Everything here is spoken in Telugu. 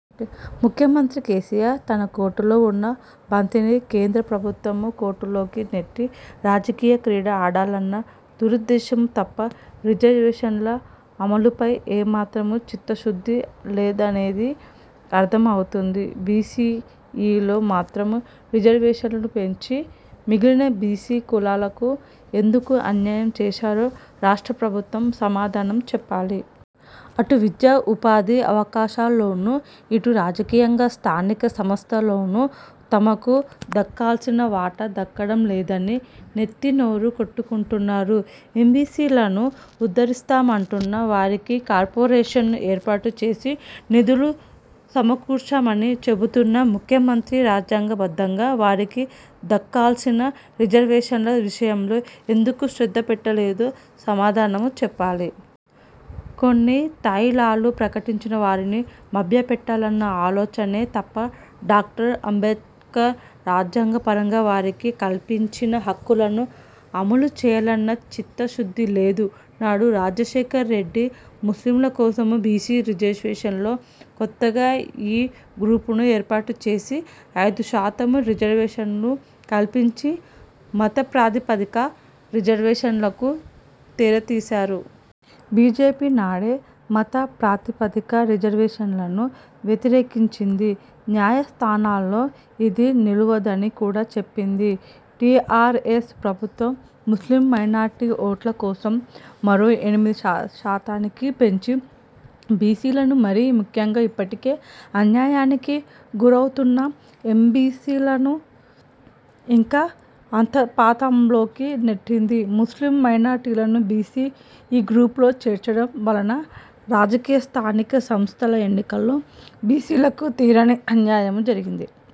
ముఖ్యమంత్రి కేసీఆర్ తన కోర్టులో ఉన్న బంతిని కేంద్ర ప్రభుత్వం కోర్టులోకి నెట్టి రాజకీయ క్రీడ ఆడాలన్న దురుద్దేశం తప్పా రిజర్వేషన్ల అమలుపై ఏమాత్రం చిత్తశుద్ధి లేదనేది అర్థం అవుతుంది. బీసీ–-ఈలో మాత్రం రిజర్వేషన్లు పెంచి మిగిలిన బీసీ కులాలకు ఎందుకు అన్యాయం చేశారో రాష్ట్ర ప్రభుత్వం సమాధానం చెప్పాలి. అటు విద్యా, ఉపాధి అవకాశాల్లోనూ ఇటు రాజకీయంగా స్థానిక సంస్థల్లోనూ తమకు దక్కాల్సిన వాటా దక్కడం లేదని నెత్తినోరు కొట్టుకుంటున్నారు. ఎంబీసీలను ఉద్ధరిస్తామంటున్న, వారికి కార్పోరేషన్ ఏర్పాటు చేసి నిధులు సమకూర్చామని చెబుతున్న ముఖ్యమంత్రి రాజ్యాంగబద్ధంగా వారికి దక్కాల్సిన రిజర్వేషన్ల విషయంలో ఎందుకు శ్రద్ధపెట్టలేదో సమాధానం చెప్పాలి. కొన్ని తాయిలాలు ప్రకటించి వారిని మభ్యపెట్టాలన్న ఆలోచనే తప్ప డాక్టర్ అంబేడ్కర్ రాజ్యాంగపరంగా వారికి కల్పించిన హక్కులను అమలుచేయాలన్న చిత్తశుద్ధి లేదు. నాడు రాజశేఖర్ రెడ్డి ముస్లింల కోసం బీసీ రిజర్వేషన్లలో కొత్తగా ఈ-–గ్రూపును ఏర్పాటుచేసి ఐదు శాతం రిజర్వేషన్ను కల్పించి మతప్రాతిపదిక రిజర్వేషన్లకు తెరతీశారు. బీజేపీ నాడే మత ప్రాతిపదిక రిజర్వేషన్లను వ్యతిరేకించింది. న్యాయస్థానాల్లో ఇది నిలువదని కూడా చెప్పింది. టీఆర్ఎస్ ప్రభుత్వం ముస్లిం మైనార్టీ ఓట్ల కోసం మరో ఎనిమిది శాతానికి పెంచి బీసీలను, మరీ ముఖ్యంగా ఇప్పటికే అన్యాయానికి గురౌతున్న ఎంబీసీలను ఇంకా అథఃపాతాళంలోకి నెట్టింది. ముస్లిం మైనార్టీలను బీసీ-–ఈ గ్రూపులో చేర్చడం వలన రాజకీయ స్థానిక సంస్థల ఎన్నికల్లో బీసీలకు తీరని అన్యాయం జరిగింది.